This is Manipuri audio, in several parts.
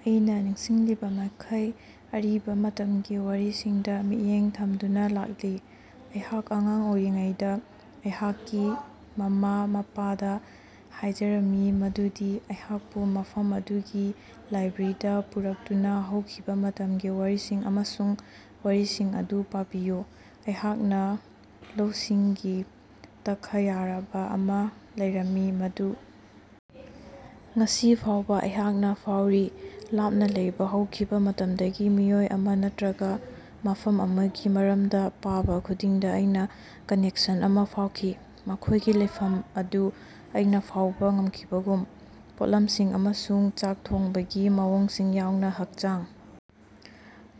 ꯑꯩꯅꯥ ꯅꯤꯡꯁꯤꯡꯂꯤꯕꯃꯈꯩ ꯑꯔꯤꯕꯥ ꯃꯇꯝꯒꯤ ꯋꯥꯔꯤꯁꯤꯡꯗ ꯃꯤꯠꯌꯦꯡ ꯊꯝꯗꯨꯅ ꯂꯥꯛꯂꯤ꯫ ꯑꯩꯍꯥꯛ ꯑꯉꯥꯡ ꯑꯣꯏꯔꯤꯉꯩꯗ ꯑꯩꯍꯥꯛꯀꯤ ꯃꯃꯥ-ꯃꯄꯥꯗ ꯍꯥꯏꯖꯔꯝꯃꯤ ꯃꯗꯨꯗꯤ ꯑꯩꯍꯥꯛꯄꯨ ꯃꯐꯝ ꯑꯗꯨꯒꯤ ꯂꯥꯏꯕ꯭ꯔꯦꯔꯤꯗ ꯄꯨꯔꯛꯇꯨꯅ ꯍꯧꯈꯤꯕ ꯃꯇꯝꯒꯤ ꯋꯥꯔꯤꯁꯤꯡ ꯑꯃꯁꯨꯡ ꯋꯥꯔꯤꯁꯤꯡ ꯑꯗꯨ ꯄꯥꯕꯤꯌꯨ꯫ ꯑꯩꯍꯥꯛꯅꯥ ꯂꯧꯁꯤꯡꯒꯤ ꯇꯛꯈꯥꯌꯔꯕ ꯑꯃ ꯂꯩꯔꯝꯃꯤ ꯃꯗꯨ ꯉꯁꯤ ꯐꯥꯎꯕ ꯑꯩꯍꯥꯛꯅ ꯐꯥꯎꯔꯤ꯫ ꯂꯥꯞꯅ ꯂꯩꯕ ꯍꯧꯈꯤꯕ ꯃꯇꯝꯗꯒꯤ ꯃꯤꯑꯣꯏ ꯑꯃ ꯅꯠꯇꯔꯒ ꯃꯐꯝ ꯑꯃꯒꯤ ꯃꯔꯝꯗ ꯄꯥꯕ ꯈꯨꯗꯤꯡꯗ ꯑꯩꯅ ꯀꯅꯦꯛꯁꯟ ꯑꯃ ꯐꯥꯎꯈꯤ, ꯃꯈꯣꯏꯒꯤ ꯂꯩꯐꯝ ꯑꯗꯨ ꯑꯩꯅ ꯐꯥꯎꯕ ꯉꯝꯈꯤꯕꯒꯨꯝ꯫ ꯄꯣꯠꯂꯝꯁꯤꯡ ꯑꯃꯁꯨꯡ ꯆꯥꯛ ꯊꯣꯡꯕꯒꯤ ꯃꯑꯣꯡꯁꯤꯡ ꯌꯥꯎꯅ ꯍꯛꯆꯥꯡ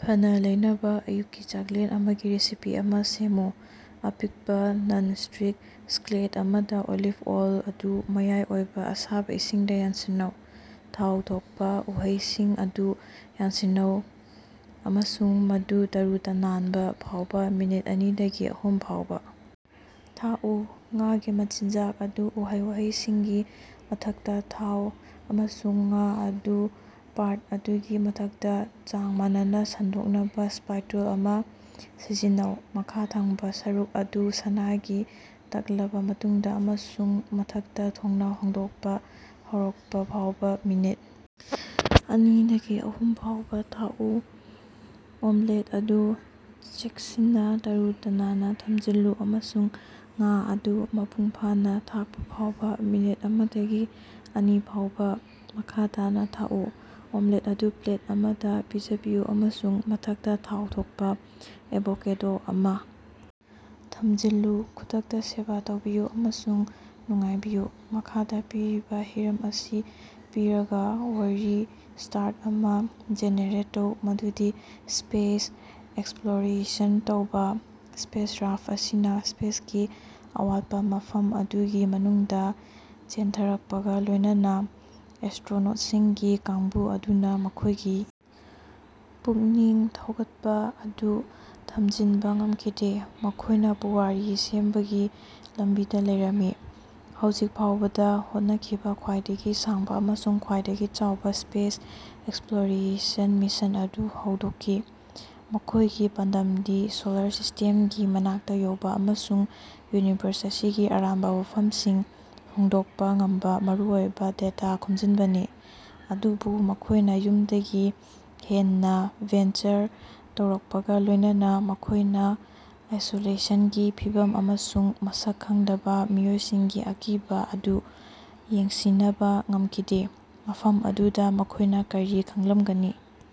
ꯐꯅꯥ ꯂꯩꯅꯕ ꯑꯌꯨꯛꯀꯤ ꯆꯥꯛꯂꯦꯟ ꯑꯃꯒꯤ ꯔꯦꯁꯤꯄꯤ ꯑꯃ ꯁꯦꯝꯃꯨ꯫ ꯑꯄꯤꯛꯄ ꯅꯟ-ꯁ꯭ꯇꯤꯛ ꯁ꯭ꯀꯤꯂꯦꯠ ꯑꯃꯗ ꯑꯣꯂꯤꯚ ꯑꯣꯜ ꯑꯗꯨ ꯃꯌꯥꯏ ꯑꯣꯏꯕ ꯑꯁꯥꯕ ꯏꯁꯤꯡꯗ ꯌꯥꯟꯁꯤꯟꯅꯧ꯫ ꯊꯥꯎ ꯊꯣꯛꯄ ꯎꯍꯩꯁꯤꯡ ꯑꯗꯨ ꯌꯥꯟꯁꯤꯟꯅꯧ ꯑꯃꯁꯨꯡ ꯃꯗꯨ ꯇꯔꯨ-ꯇꯥꯅꯥꯟꯕ ꯐꯥꯎꯕ ꯃꯤꯅꯠ ꯑꯅꯤꯗꯒꯤ ꯑꯍꯨꯝ ꯐꯥꯎꯕ ꯊꯥꯛꯎ꯫ ꯉꯥꯒꯤ ꯃꯆꯤꯟꯖꯥꯛ ꯑꯗꯨ ꯎꯍꯩ-ꯋꯥꯍꯩꯁꯤꯡꯒꯤ ꯃꯊꯛꯇ ꯊꯥꯎ, ꯑꯃꯁꯨꯡ ꯉꯥ ꯑꯗꯨ ꯄꯥꯇ꯭ꯔ ꯑꯗꯨꯒꯤ ꯃꯊꯛꯇ ꯆꯥꯡ ꯃꯥꯟꯅꯅ ꯁꯟꯗꯣꯛꯅꯕ ꯁ꯭ꯄꯥꯏꯇꯨꯜ ꯑꯃ ꯁꯤꯖꯤꯟꯅꯧ꯫ ꯃꯈꯥ ꯊꯪꯕꯥ ꯁꯔꯨꯛ ꯑꯗꯨ ꯁꯅꯥꯒꯤ ꯇꯛꯂꯕꯥ ꯃꯇꯨꯡꯗ ꯑꯃꯁꯨꯡ ꯃꯊꯛꯇ ꯊꯣꯡꯅꯥꯎ ꯍꯥꯡꯗꯣꯛꯄ ꯍꯧꯔꯛꯄ ꯐꯥꯎꯕ ꯃꯤꯅꯠ ꯑꯅꯤꯗꯒꯤ ꯑꯍꯨꯝ ꯐꯥꯎꯕ ꯊꯥꯛꯎ꯫ ꯑꯣꯝꯂꯦꯠ ꯑꯗꯨ ꯆꯦꯛꯁꯤꯟꯅꯥ ꯇꯔꯨ-ꯇꯅꯥꯟꯅ ꯊꯝꯖꯤꯜꯂꯨ ꯑꯃꯁꯨꯡ ꯉꯥ ꯑꯗꯨ ꯃꯄꯨꯡꯐꯥꯅꯥ ꯊꯥꯛꯄ ꯐꯥꯎꯕ ꯃꯤꯅꯠ ꯑꯃꯗꯒꯤ ꯑꯅꯤ ꯐꯥꯎꯕ ꯃꯈꯥ ꯇꯥꯅ ꯊꯥꯛꯎ꯫ ꯑꯣꯝꯂꯦꯠ ꯑꯗꯨ ꯄ꯭ꯂꯦꯠ ꯑꯃꯗ ꯄꯤꯖꯕꯤꯌꯨ ꯑꯃꯁꯨꯡ ꯃꯊꯛꯇ ꯊꯥꯎ ꯊꯣꯛꯄ ꯑꯦꯚꯣꯀꯦꯗꯣ ꯑꯃ ꯊꯝꯖꯤꯜꯂꯨ꯫ ꯈꯨꯗꯛꯇ ꯁꯦꯕ ꯇꯧꯕꯤꯌꯨ ꯑꯃꯁꯨꯡ ꯅꯨꯡꯉꯥꯏꯕꯤꯌꯨ꯫ ꯃꯈꯥꯗ ꯄꯤꯔꯤꯕꯥ ꯍꯤꯔꯝ ꯑꯁꯤ ꯄꯤꯔꯒ ꯋꯥꯔꯤ ꯁ꯭ꯇꯥꯔꯠ ꯑꯃ ꯖꯦꯅꯦꯔꯦꯠ ꯇꯧ꯫ ꯃꯗꯨꯗꯤ ꯁ꯭ꯄꯦꯁ ꯑꯦꯛꯁꯄ꯭ꯔꯣꯂꯣꯔꯦꯁꯟ ꯇꯧꯕ꯫ ꯁ꯭ꯄꯦꯁꯀ꯭ꯔꯥꯐ ꯑꯁꯤꯅ ꯁ꯭ꯄꯦꯁꯀꯤ ꯑꯋꯥꯠꯄ ꯃꯐꯝ ꯑꯗꯨꯒꯤ ꯃꯅꯨꯡꯗ ꯆꯦꯟꯊꯔꯛꯄꯒ ꯂꯣꯏꯅꯅ ꯑꯦꯁꯇ꯭ꯔꯣꯅꯣꯠꯁꯤꯡꯒꯤ ꯀꯥꯡꯕꯨ ꯑꯗꯨꯅ ꯃꯈꯣꯏꯒꯤ ꯄꯨꯛꯅꯤꯡ ꯊꯧꯒꯠꯄ ꯑꯗꯨ ꯊꯝꯖꯤꯟꯕ ꯉꯝꯈꯤꯗꯦ꯫ ꯃꯈꯣꯏꯅ ꯄꯨꯋꯥꯔꯤ ꯁꯦꯝꯕꯒꯤ ꯂꯝꯕꯤꯗ ꯂꯩꯔꯝꯃꯤ, ꯍꯧꯖꯤꯛ ꯐꯥꯎꯕꯗ ꯍꯣꯠꯅꯈꯤꯕ ꯈ꯭ꯋꯥꯏꯗꯒꯤ ꯁꯥꯡꯕ ꯑꯃꯁꯨꯡ ꯈ꯭ꯋꯥꯏꯗꯒꯤ ꯆꯥꯎꯕ ꯁ꯭ꯄꯦꯁ ꯑꯦꯛꯁꯄ꯭ꯂꯣꯔꯦꯁꯟ ꯃꯤꯁꯟ ꯑꯗꯨ ꯍꯧꯗꯣꯛꯈꯤ꯫ ꯃꯈꯣꯏꯒꯤ ꯄꯥꯟꯗꯝꯗꯤ ꯁꯣꯂꯥꯔ ꯁꯤꯁ꯭ꯇꯦꯝꯒꯤ ꯃꯅꯥꯛꯇ ꯌꯧꯕ ꯑꯃꯁꯨꯡ ꯌꯨꯅꯤꯚꯔꯁ ꯑꯁꯤꯒꯤ ꯑꯔꯥꯟꯕ ꯋꯥꯐꯝꯁꯤꯡ ꯐꯣꯡꯗꯣꯛꯄ ꯉꯝꯕ ꯃꯔꯨꯑꯣꯏꯕ ꯗꯦꯇꯥ ꯈꯣꯝꯖꯤꯟꯕꯅꯤ꯫ ꯑꯗꯨꯕꯨ ꯃꯈꯣꯏꯅ ꯌꯨꯝꯗꯒꯤ ꯍꯦꯟꯅ ꯚꯦꯟꯆꯔ ꯇꯧꯔꯛꯄꯒ ꯂꯣꯏꯅꯅ ꯃꯈꯣꯏꯅ ꯑꯥꯏꯁꯣꯂꯦꯁꯟꯒꯤ ꯐꯤꯚꯝ ꯑꯃꯁꯨꯡ ꯃꯁꯛ ꯈꯪꯗꯕ ꯃꯤꯑꯣꯏꯁꯤꯡꯒꯤ ꯑꯀꯤꯕꯥ ꯑꯗꯨ ꯌꯦꯡꯁꯤꯅꯕꯥ ꯉꯝꯈꯤꯗꯦ꯫ ꯃꯐꯝ ꯑꯗꯨꯗ ꯃꯈꯣꯏꯅꯥ ꯀꯔꯤ ꯈꯪꯂꯝꯒꯅꯤ?